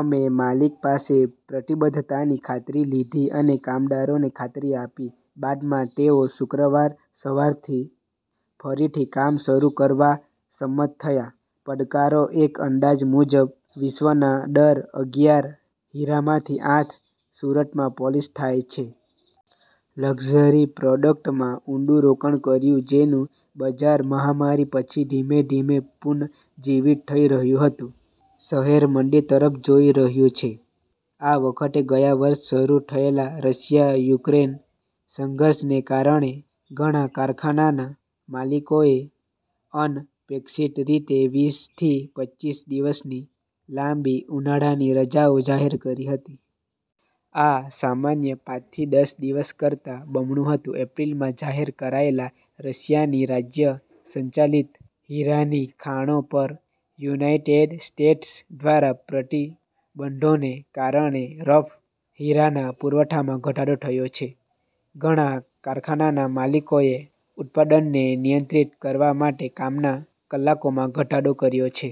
અમે માલિક પાસે પ્રતિબદ્ધતાની ખાતરી લીધી અને કામદારોને ખાતરી આપી. બાદમાં તેઓ શુક્રવાર સવારથી ફરીથી કામ શરૂ કરવા સંમત થયા. પડકારો એક અંદાજ મુજબ, વિશ્વના દર અગીયાર હીરામાંથી આઠ સુરતમાં પોલિશ થાય છે. લક્ઝરી પ્રોડક્ટમાં ઊંડું રોકાણ કર્યું, જેનું બજાર મહામારી પછી ધીમે ધીમે પુનઃજીવિત થઈ રહ્યું હતું, શહેર મંદી તરફ જોઈ રહ્યું છે, આ વખતે ગયા વર્ષે શરૂ થયેલા રશિયા-યુક્રેન સંઘર્ષને કારણે, ઘણા કારખાનાના માલિકોએ અનપેક્ષિત રીતે વીસ થી પચ્ચીસ દિવસની લાંબી ઉનાળાની રજાઓ જાહેર કરી હતી. આ સામાન્ય પાંચ થી દસ દિવસ કરતાં બમણું હતું. એપ્રિલમાં જાહેર કરાયેલા રશિયાની રાજ્ય સંચાલિત હીરાની ખાણો પર યુનાઇટેડ સ્ટેટ્સ દ્વારા પ્રતિબંધોને કારણે રફ હીરાના પુરવઠામાં ઘટાડો થયો છે, ઘણા કારખાનાના માલિકોએ ઉત્પાદનને નિયંત્રિત કરવા માટે કામના કલાકોમાં ઘટાડો કર્યો છે.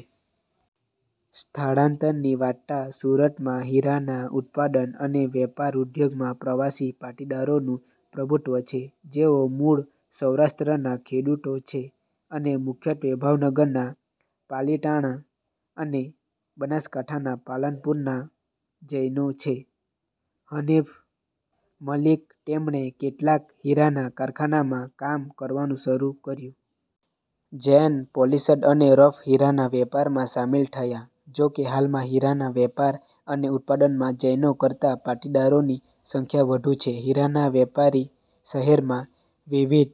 સ્થળાંતરની વાર્તા, સુરતમાં હીરાના ઉત્પાદન અને વેપાર ઉદ્યોગમાં પ્રવાસી પાટીદારોનું પ્રભુત્વ છે, જેઓ મૂળ સૌરાષ્ટ્રના ખેડૂતો છે અને મુખ્યત્વે ભાવનગરના પાલિતાણા અને બનાસકાંઠાના પાલનપુરના જૈનો છે. હનિફ મલિક તેમણે કેટલાક હીરાના કારખાનામાં કામ કરવાનું શરૂ કર્યું. જૈન પોલિશ્ડ અને રફ હીરાના વેપારમાં સામેલ થયા. જો કે હાલમાં હીરાના વેપાર અને ઉત્પાદનમાં જૈનો કરતાં પાટીદારોની સંખ્યા વધુ છે. હીરાના વેપારી શહેરમાં વિવિધ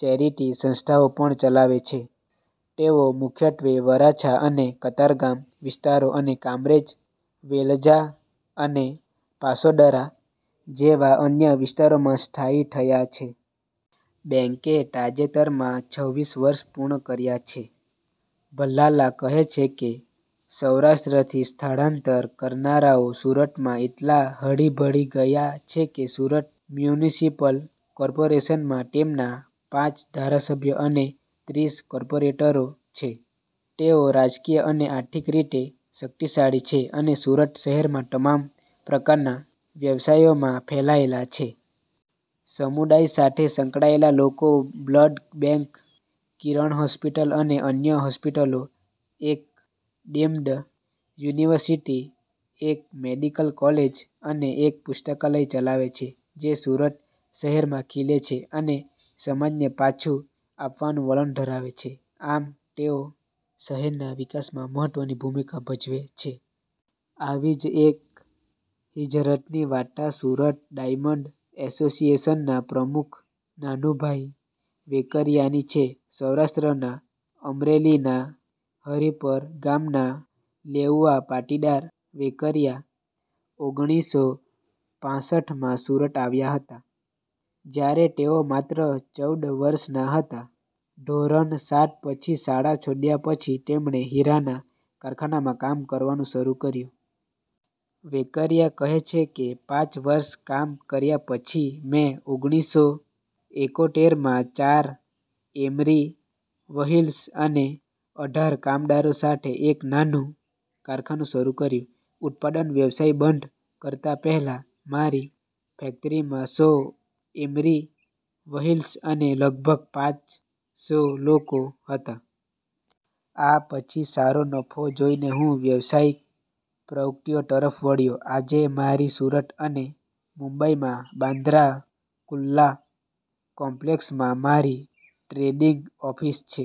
ચેરીટી સંસ્થાઓ પણ ચલાવે છે. " તેઓ મુખ્યત્વે વરાછા અને કતારગામ વિસ્તારો અને કામરેજ, વેલંજા અને પાસોદરા જેવા અન્ય વિસ્તારોમાં સ્થાયી થયા છે. બેંકે તાજેતરમાં છવ્વીસ વર્ષ પૂર્ણ કર્યા છે. ભલ્લાલા કહે છે કે, સૌરાષ્ટ્રથી સ્થળાંતર કરનારાઓ "સુરતમાં એટલા હળીભળી ગયા છે કે, સુરત મ્યુનિસિપલ કોર્પોરેશનમાં તેમના પાંચ ધારાસભ્યો અને ત્રીસ કોર્પોરેટરો છે. " "તેઓ રાજકીય અને આર્થિક રીતે શક્તિશાળી છે અને સુરત શહેરમાં તમામ પ્રકારના વ્યવસાયોમાં ફેલાયેલા છે. સમુદાય સાથે સંકળાયેલા લોકો બ્લડ બેંક, કિરણ હોસ્પિટલ, અને અન્ય હોસ્પિટલો, એક ડીમ્ડ યુનિવર્સિટી, એક મેડિકલ કોલેજ અને એક પુસ્તકાલય ચલાવે છે. જે સુરત શહેરમાં ખીલે છે અને સમાજને પાછું આપવાનું વલણ ધરાવે છે, આમ તેઓ શહેરના વિકાસમાં મહત્વની ભૂમિકા ભજવે છે. " આવી જ એક હિજરતની વાર્તા સુરત ડાયમંડ એસોસિએશનના પ્રમુખ નાનુભાઈ વેકરિયાની છે. સૌરાષ્ટ્રના અમરેલીના હરીપર ગામના લેઉવા પાટીદાર વેકરિયા ઓગણીસસો પાંસઠમાં સુરત આવ્યા હતા, જ્યારે તેઓ માત્ર ચૌદ વર્ષના હતા. ધોરણ સાત પછી શાળા છોડ્યા પછી, તેમણે હીરાના કારખાનામાં કામ કરવાનું શરૂ કર્યું. વેકરિયા કહે છે કે, પાંચ વર્ષ કામ કર્યા પછી, મેં ઓગણીસસો એકોતેરમાં ચાર એમરી વ્હીલ્સ અને અઢાર કામદારો સાથે એક નાનું કારખાનું શરૂ કર્યું. ઉત્પાદન વ્યવસાય બંધ કરતા પહેલા, મારી ફેક્ટરીમાં સો એમરી વ્હીલ્સ અને લગભગ પાંચ સો લોકો હતા. આ પછી સારો નફો જોઈને હું વ્યવસાયિક પ્રવૃત્તિઓ તરફ વળ્યો. આજે મારી સુરત અને મુંબઈમાં બાંદ્રા કુર્લા કોમ્પ્લેક્સમાં મારી ટ્રેડિંગ ઓફિસ છે.